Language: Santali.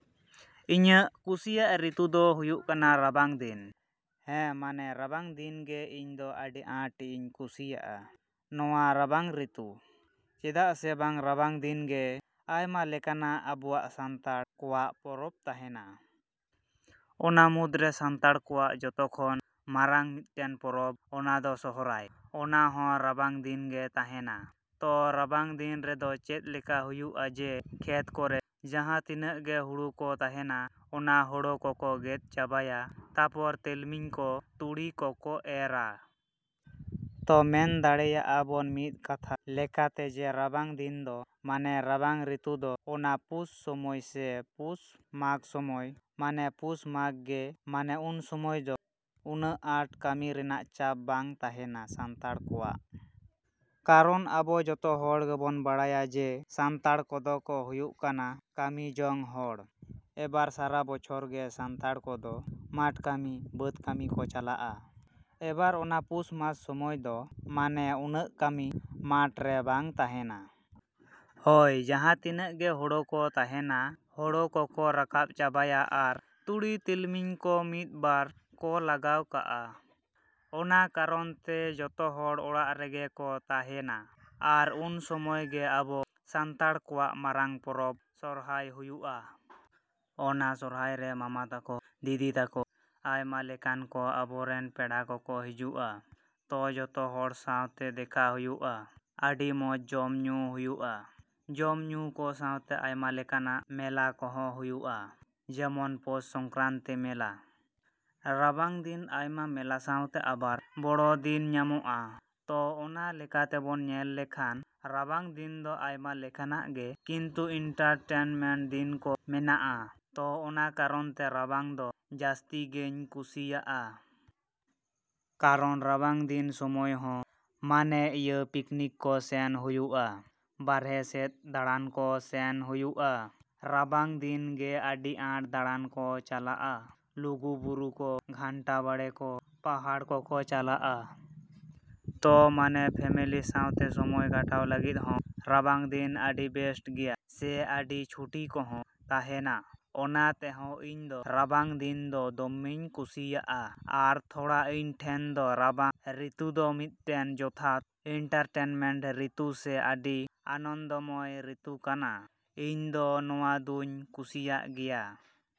‎ᱤᱧᱟᱜ ᱠᱩᱥᱤᱭᱟᱜ ᱨᱤᱛᱩ ᱫᱚ ᱦᱩᱭᱩᱜ ᱠᱟᱱᱟ ᱨᱟᱵᱟᱝ ᱫᱤᱱ᱾ ᱦᱮᱸ, ᱢᱟᱱᱮ ᱨᱟᱵᱟᱝ ᱫᱤᱱ ᱜᱮ ᱤᱧ ᱫᱚ ᱟᱹᱰᱤ ᱟᱸᱴᱤᱧ ᱠᱩᱥᱤᱭᱟᱜᱼᱟ ᱱᱚᱣᱟ ᱨᱟᱵᱟᱝ ᱨᱤᱛᱩ᱾ ᱪᱮᱫᱟᱜ ᱥᱮ ᱵᱟᱝ ᱨᱟᱵᱟᱝ ᱫᱤᱱ ᱜᱮ ᱟᱭᱢᱟ ᱞᱮᱠᱟᱱᱟᱜ ᱟᱵᱚᱣᱟᱜ ᱥᱟᱱᱛᱟᱲ ᱠᱚᱣᱟᱜ ᱯᱚᱨᱚᱵᱽ ᱛᱟᱦᱮᱱᱟ᱾ ᱚᱱᱟ ᱢᱩᱫᱽ ᱨᱮ ᱥᱟᱱᱛᱟᱲ ᱠᱚᱣᱟᱜ ᱡᱚᱛᱚ ᱠᱷᱚᱱ ᱢᱟᱨᱟᱝ ᱢᱤᱫᱴᱮᱱ ᱯᱚᱨᱚᱵᱽ ᱚᱱᱟ ᱫᱚ ᱥᱚᱨᱦᱟᱭ, ᱚᱱᱟ ᱦᱚᱸ ᱨᱟᱵᱟᱝ ᱫᱤᱱ ᱜᱮ ᱛᱟᱦᱮᱱᱟ᱾ ᱛᱚ ᱨᱟᱵᱟᱝ ᱫᱤᱱ ᱨᱮᱫᱚ ᱪᱮᱫ ᱞᱮᱠᱟ ᱦᱩᱭᱩᱜᱼᱟ ᱡᱮ ᱠᱷᱮᱛ ᱠᱚᱨᱮ ᱡᱟᱦᱟᱸ ᱛᱤᱱᱟᱹᱜ ᱜᱮ ᱦᱳᱲᱳ ᱠᱚ ᱛᱟᱦᱮᱱᱟ ᱚᱱᱟ ᱦᱳᱲᱳ ᱠᱚᱠᱚ ᱜᱮᱫ ᱪᱟᱵᱟᱭᱟ ᱛᱟᱯᱚᱨ ᱛᱤᱞᱢᱤᱧ ᱠᱚ, ᱛᱩᱲᱤ ᱠᱚ ᱠᱚ ᱮᱨᱟ᱾ ᱛᱚ ᱢᱮᱱ ᱫᱟᱲᱮᱭᱟᱜ ᱟᱵᱚᱱ ᱢᱤᱫ ᱠᱟᱛᱷᱟ ᱞᱮᱠᱟᱛᱮ ᱡᱮ ᱨᱟᱵᱟᱝ ᱫᱤᱱ ᱫᱚ ᱢᱟᱱᱮ ᱨᱟᱵᱟᱝ ᱨᱤᱛᱩ ᱫᱚ ᱚᱱᱟ ᱯᱩᱥ ᱥᱚᱢᱚᱭ ᱥᱮ ᱯᱩᱥ ᱢᱟᱜᱽ ᱥᱚᱢᱚᱭ, ᱢᱟᱱᱮ ᱯᱩᱥ ᱢᱟᱜᱽ ᱜᱮ ᱢᱟᱱᱮ ᱩᱱ ᱥᱚᱢᱚᱭ ᱫᱚ ᱩᱱᱟᱹᱜ ᱟᱴ ᱠᱟᱹᱢᱤ ᱨᱮᱱᱟᱜ ᱪᱟᱯ ᱵᱟᱝ ᱛᱟᱦᱮᱱᱟ ᱥᱟᱱᱛᱟᱲ ᱠᱚᱣᱟᱜ᱾ ᱠᱟᱨᱚᱱ ᱟᱵᱚ ᱡᱚᱛᱚ ᱦᱚᱲ ᱜᱮᱵᱚᱱ ᱵᱟᱲᱟᱭᱟ ᱡᱮ ᱥᱟᱱᱛᱟᱲ ᱠᱚᱫᱚ ᱠᱚ ᱦᱩᱭᱩᱜ ᱠᱟᱱᱟ ᱠᱟᱹᱢᱤ ᱡᱚᱝ ᱦᱚᱲ᱾ ᱮᱵᱟᱨ ᱥᱟᱨᱟ ᱵᱚᱪᱷᱚᱨ ᱜᱮ ᱥᱟᱱᱛᱟᱲ ᱠᱚᱫᱚ ᱢᱟᱴ ᱠᱟᱹᱢᱤ, ᱵᱟᱹᱫᱽ ᱠᱟᱹᱢᱤ ᱠᱚ ᱪᱟᱞᱟᱜᱼᱟ᱾ ᱮᱵᱟᱨ ᱚᱱᱟ ᱯᱩᱥ ᱢᱟᱥ ᱥᱚᱢᱚᱭ ᱫᱚ ᱢᱟᱱᱮ ᱩᱱᱟᱹᱜ ᱠᱟᱹᱢᱤ ᱢᱟᱴ ᱨᱮ ᱵᱟᱝ ᱛᱟᱦᱮᱱᱟ᱾ ᱦᱚᱭ, ᱡᱟᱦᱟᱸ ᱛᱤᱱᱟᱹᱜ ᱜᱮ ᱦᱳᱲᱳ ᱠᱚ ᱛᱟᱦᱮᱱᱟ ᱦᱳᱲᱳ ᱠᱚ ᱠᱚ ᱨᱟᱠᱟᱵᱽ ᱪᱟᱵᱟᱭᱟ ᱟᱨ ᱛᱩᱲᱤ ᱛᱤᱞᱢᱤᱧ ᱠᱚ ᱢᱤᱫ ᱵᱟᱨ ᱠᱚ ᱞᱟᱜᱟᱣ ᱠᱟᱜᱼᱟ᱾ ᱚᱱᱟ ᱠᱟᱨᱚᱱ ᱛᱮ ᱡᱚᱛᱚ ᱦᱚᱲ ᱚᱲᱟᱜ ᱨᱮᱜᱮ ᱠᱚ ᱛᱟᱦᱮᱱᱟ ᱟᱨ ᱩᱱ ᱥᱚᱢᱚᱭ ᱜᱮ ᱟᱵᱚ ᱥᱟᱱᱛᱟᱲ ᱠᱚᱣᱟᱜ ᱢᱟᱨᱟᱝ ᱯᱚᱨᱚᱵᱽ ᱥᱚᱨᱦᱟᱭ ᱦᱩᱭᱩᱜᱼᱟ᱾ ᱚᱱᱟ ᱥᱚᱨᱦᱟᱭ ᱨᱮ ᱢᱟᱢᱟ ᱛᱟᱠᱚ, ᱫᱤᱫᱤ ᱛᱟᱠᱚ, ᱟᱭᱢᱟ ᱞᱮᱠᱟᱱ ᱠᱚ ᱟᱵᱚ ᱨᱮᱱ ᱯᱮᱲᱟ ᱠᱚᱠᱚ ᱦᱟᱹᱡᱩᱜᱼᱟ᱾ ᱛᱚ ᱡᱚᱛᱚ ᱦᱚᱲ ᱥᱟᱣᱛᱮ ᱫᱮᱠᱷᱟ ᱦᱩᱭᱩᱜᱼᱟ, ᱟᱹᱰᱤ ᱢᱚᱡᱽ ᱡᱚᱢ ᱧᱩ ᱠᱚ ᱦᱩᱭᱩᱜᱼᱟ᱾ ᱡᱚᱢ ᱧᱩ ᱠᱚ ᱥᱟᱶᱛᱮ ᱟᱭᱢᱟ ᱞᱮᱠᱟᱱᱟᱜ ᱢᱮᱞᱟ ᱠᱚᱦᱚ ᱦᱩᱭᱩᱜᱼᱟ ᱡᱮᱢᱚᱱ ᱯᱚᱥ ᱥᱚᱝᱠᱨᱟᱱᱛᱤ ᱢᱮᱞᱟ᱾ ᱨᱟᱵᱟᱝ ᱫᱤᱱ ᱟᱭᱢᱟ ᱢᱮᱞᱟ ᱥᱟᱶᱛᱮ ᱟᱵᱟᱨ ᱵᱚᱲᱚ ᱫᱤᱱ ᱧᱟᱢᱚᱜᱼᱟ᱾ ᱛᱚ ᱚᱱᱠᱟ ᱞᱮᱠᱟᱛᱮᱵᱚᱱ ᱢᱮᱱ ᱞᱮᱠᱷᱟᱱ ᱨᱟᱵᱟᱝ ᱫᱤᱱ ᱫᱚ ᱟᱭᱢᱟ ᱞᱮᱠᱟᱱᱟᱜ ᱜᱮ ᱠᱤᱱᱛᱩ ᱤᱱᱴᱟᱨᱴᱮᱱᱢᱮᱱᱴ ᱫᱤᱱ ᱠᱚ ᱢᱮᱱᱟᱜᱼᱟ᱾ ᱛᱚ ᱚᱱᱟ ᱠᱟᱨᱚᱱ ᱛᱮ ᱨᱟᱵᱟᱝ ᱫᱚ ᱡᱟᱹᱥᱛᱤ ᱜᱮᱧ ᱠᱩᱥᱤᱭᱟᱜᱼᱟ᱾ ᱠᱟᱨᱚᱱ ᱨᱟᱵᱟᱝ ᱫᱤᱱ ᱥᱚᱢᱚᱭ ᱦᱚᱸ ᱢᱟᱱᱮ ᱤᱭᱟᱹ ᱯᱤᱠᱱᱤᱠ ᱠᱚ ᱥᱮᱱ ᱦᱩᱭᱩᱜᱼᱟ, ᱵᱟᱨᱦᱮ ᱥᱮᱫ ᱫᱟᱬᱟᱱ ᱠᱚ ᱥᱮᱱ ᱦᱩᱭᱩᱜᱼᱟ᱾ ᱨᱟᱵᱟᱝ ᱫᱤᱱ ᱜᱮ ᱟᱹᱰᱤ ᱟᱸᱴ ᱫᱟᱬᱟᱱ ᱠᱚ ᱪᱟᱞᱟᱜᱼᱟ ᱞᱩᱜᱩᱵᱩᱨᱩ ᱠᱚ, ᱜᱷᱟᱱᱴᱟ ᱵᱟᱲᱮ ᱠᱚ, ᱯᱟᱦᱟᱲ ᱠᱚ ᱠᱚ ᱪᱟᱞᱟᱜᱼᱟ᱾ ᱛᱚ ᱢᱟᱱᱮ ᱯᱷᱮᱢᱮᱞᱤ ᱥᱟᱣᱛᱮ ᱥᱚᱢᱚᱭ ᱠᱟᱴᱟᱣ ᱞᱟᱹᱜᱤᱫ ᱦᱚᱸ ᱨᱟᱵᱟᱝ ᱫᱤᱱ ᱟᱹᱰᱤ ᱵᱮᱥᱴ ᱜᱮᱭᱟ ᱥᱮ ᱟᱹᱰᱤ ᱪᱷᱩᱴᱤ ᱠᱚᱦᱚᱸ ᱛᱟᱦᱮᱱᱟ᱾ ᱚᱱᱟ ᱛᱮᱦᱚᱸ ᱤᱧ ᱫᱚ ᱨᱟᱵᱟᱝ ᱫᱤᱱ ᱫᱚ ᱫᱚᱢᱮᱧ ᱠᱩᱥᱤᱭᱟᱜᱼᱟ ᱟᱨ ᱛᱷᱚᱲᱟ ᱤᱧ ᱴᱷᱮᱡ ᱫᱚ ᱨᱟᱵᱟᱝ ᱨᱤᱛᱩ ᱫᱚ ᱢᱤᱫᱴᱮᱱ ᱡᱚᱛᱷᱟᱛ ᱤᱱᱴᱟᱨᱴᱮᱱᱢᱮᱱᱴ ᱨᱤᱛᱩ ᱥᱮ ᱟᱹᱰᱤ ᱟᱱᱚᱱᱫᱚᱢᱚᱭ ᱨᱤᱛᱩ ᱠᱟᱱᱟ᱾ ᱤᱧ ᱫᱚ ᱱᱚᱣᱟ ᱫᱩᱧ ᱠᱩᱥᱤᱭᱟᱜ ᱜᱮᱭᱟ।